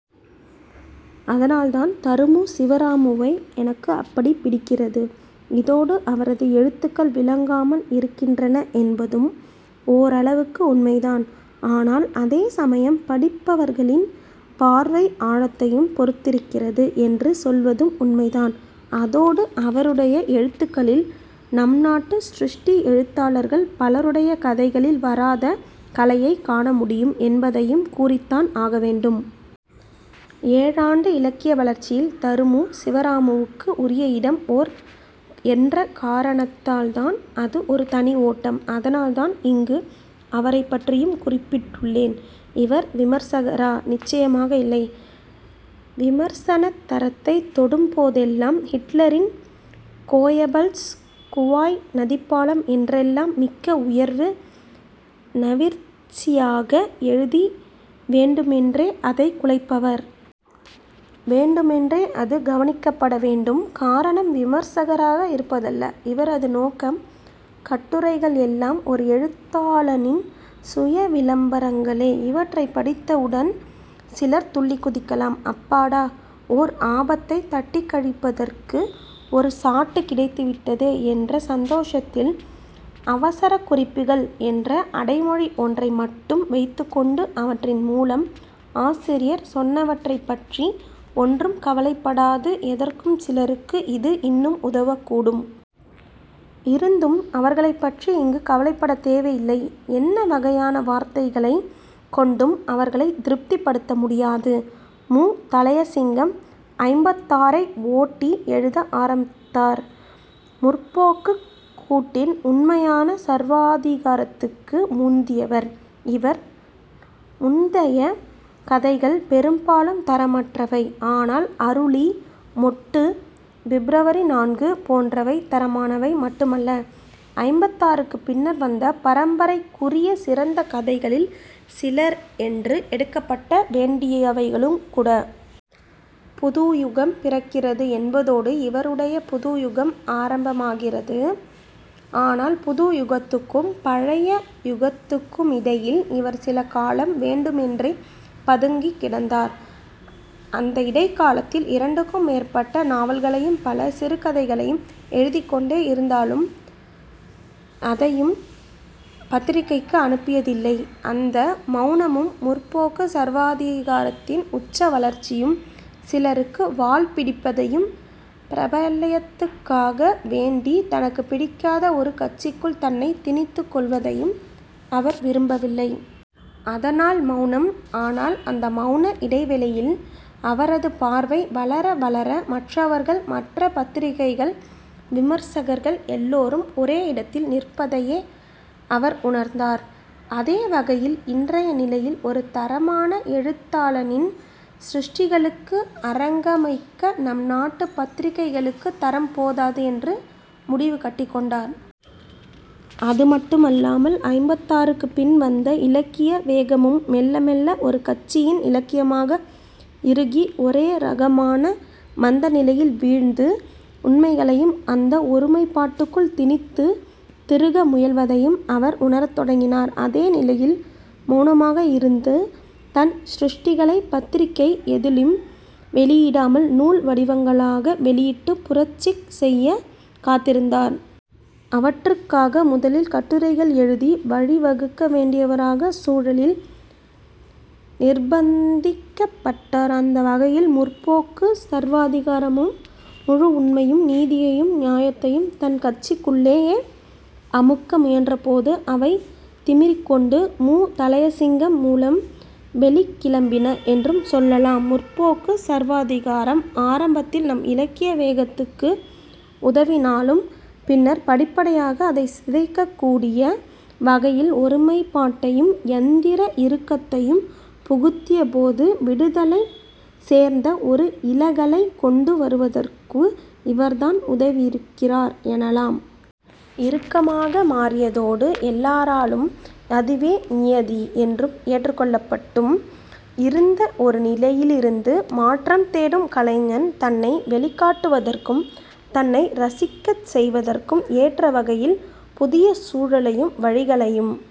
அதனால்தான் தருமு சிவராமுவை எனக்கு அப்படிப் பிடிக்கிறது. இதோடு அவரது எழுத்துகள் விளங்காமல் இருக்கின்றன என்பதும் ஓரளவுக்கு உண்மைதான். ஆனால் அதே சமயம், படிப்பவர்களின் பார்வை ஆழத்தையும் பொருத்திருக்கிறது என்று சொல்வதும் உண்மைதான். அதோடு அவருடைய எழுத்துகளில் நம் நாட்டு சிருஷ்டி எழுத்தாளர்கள் பலருடைய கதைகளில் வராத கலையைக் காண முடியும் என்பதையும் கூறித்தான் ஆக வேண்டும். ஏழாண்டு இலக்கிய வளர்ச்சியில் தருமு சிவராமுவுக்கு உரிய இடம் ஓர் என்ற காரணத்தால்தான். அது ஒரு தனி ஓட்டம். அதனால்தான் இங்கு அவரைப்பற்றியும் குறிப்பிட்டுள்ளேன். இவர் விமர்சகரா? நிச்சயமாக இல்லை. விமர்சனத் தரத்தைத் தொடும் போதெல்லாம் ஹிட்லரின் கோயபல்ஸ், குவாய் நதிப்பாலம் என்றெல்லாம் மிக்க உயர்வு நவிற்சியாக எழுதி வேண்டுமென்றே அதைக் குலைப்பவர். 'வேண்டுமென்றே' அது கவனிக்கப்பட வேண்டும். காரணம், விமர்சகராக இருப்பதல்ல இவரது நோக்கம். கட்டுரைகள் எல்லாம் ஒரு எழுத்தாளனின் சுய 'விளம்பரங்களே'. இவற்றைப் படித்தவுடன் சிலர் துள்ளிக் குதிக்கலாம். அப்பாடா ஓர் ஆபத்தைத் தட்டிக் கழிப்பதற்கு ஒரு சாட்டு கிடைத்துவிட்டதே என்ற சந்தோசத்தில். 'அவரசக்குறிப்புகள்' என்ற அடைமொழி ஒன்றை மட்டும் வைத்துக்கொண்டு அவற்றின் மூலம் ஆசிரியர் சொன்னவற்றைப்பற்றி ஒன்றும் கவலைப்படாது எதிர்க்கும் சிலருக்கு இது இன்னும் உதவக்கூடும். இருந்தும், அவர்களைப் பற்றி இங்கு கவலைப்படத் தேவையில்லை. என்ன வகையான வார்த்தைகளைக் கொண்டும் அவர்களைத் திருப்திப்படுத்த முடியாது. மு. தளையசிங்கம் ஐம்பத்தாறை ஓட்டி எழுத ஆரம்பித்தார். 'முற்போக்கு'க் கூட்டின் உண்மையான சர்வாதிகாரத்துக்கு முந்தியவர். இவரது முந்தைய கதைகள் பெரும்பாலும் தரமற்றவை. ஆனால் 'அருளி மொட்டு', 'பிப்ரவரி-நான்கு' போன்றவை தரமானவை மட்டுமல்ல, ஐம்பத்தாறுக்குப் பின்னர் வந்த பரம்பரைக்குரிய சிறந்த கதைகளில் சில என்று எடுக்கப்பட வேண்டியவையுங்கூட. 'புதுயுகம் பிறக்கிறது' என்பதோடு இவருடைய 'புதுயுகம்' ஆரம்பமாகிறது. ஆனால் புதுயுகத்துக்கும் பழைய புகத்துக்குமிடையில் இவர் சில காலம் வேண்டுமென்றே பதுங்கிக் கிடந்தார். அந்த இடைக்காலத்தில் இரண்டுக்கு மேற்பட்ட நாவல்களையும் பல சிறுகதைகளையும் எழுதிக்கொண்டே இருந்தாலும் எதையும் பத்திரிகைக்கு அனுப்பியதில்லை. அந்த மௌனமும் 'முற்போக்கு' சர்வாதிகாரத்தின் உச்ச வளர்ச்சியும் சிலருக்கு வால் பிடிப்பதையும், பிரபல்யத்துக்காக வேண்டி தனக்குப் பிடிக்காத ஒரு கட்சிக்குள் தன்னைத் திணித்துக் கொள்வதையும் அவர் விரும்பவில்லை. அதனால் மௌனம். ஆனால் அந்த மௌன இடைவெளியில் அவரது பார்வை வளர வளர மற்றவர்கள், மற்ற பத்திரிகைகள், விமர்சகர்கள் எல்லோரும் ஒரே இடத்தில் நிற்பதையே அவர் உணர்ந்தார். அதே வகையில் இன்றைய நிலையில் ஒரு தரமான எழுத்தாளனின் சிருஷ்டிகளுக்கு அரங்கமைக்க நம் நாட்டுப் பத்திரிகைகளுக்குத் தரம் போதாது என்றும் முடிவு கட்டிக்கொண்டார். அது மட்டுமல்லாமல் ஐம்பத்தாறுக்குப் பின் வந்த இலக்கிய வேகமும் மெல்ல மெல்ல ஒரு கட்சியின் இலக்கியமாக இறுகி ஒரே ரகமான மந்த நிலையில் வீழ்ந்து உண்மைகளையும் அந்த ஒருமைப்பாட்டுக்குள் திணித்துத் திருக முயல்வதையும் அவர் உணரத் தொடங்கினார். அதே நிலையில் மௌனமாக இருந்து தன் சிருஷ்டிகளைப் பத்திரிகை எதிலும் வெளியிடாமல் நூல் வடிவங்களாக வெளியிட்டு புரட்சி செய்யக் காத்திருந்தார். அவற்றுக்காக முதலில் கட்டுரைகள் எழுதி வழிவகுக்க வேண்டியவராக சூழலால் நிர்பந்திக்கப்பட்டார். அந்த வகையில் 'முற்போக்கு' சர்வாதிகாரம் முழு உண்மையையும் நீதியையும் நியாயத்தையும் தன் கட்சிக்குள்ளேயே அமுக்க முயன்றபோது அவை திமிறிக்கொண்டு மு. தளையசிங்கம் மூலம் வெளிக்கிளம்பின என்றும் சொல்லலாம். 'முற்போக்கு' சர்வாதிகாரம் ஆரம்பத்தில் நம் இலக்கிய வேகத்துக்கு உதவினாலும் பின்னர் படிப்படியாக அதைச் சிதைக்கக்கூடிய வகையில் ஒருமைப்பாட்டையும் யந்திர இறுக்கத்தையும் புகுத்தியபோது விடுதலை சேர்ந்த ஒரு இளகலை கொண்டு வருவதற்கு இவர்தான் உதவியிருக்கிறார் எனலாம். இறுக்கமாக மாறியதோடு எல்லாராலும் அதுவே நியதி என்றும் ஏற்றுக்கொள்ளப்பட்டும் இருந்த ஒரு நிலையிலிருந்து மாற்றம் தேடும் கலைஞன் தன்னை வெளிக்காட்டுவதற்கும் தன்னை ரசிக்கச் செய்வதற்கும் ஏற்றவகையில் புதிய சூழலையும் வழிகளையும்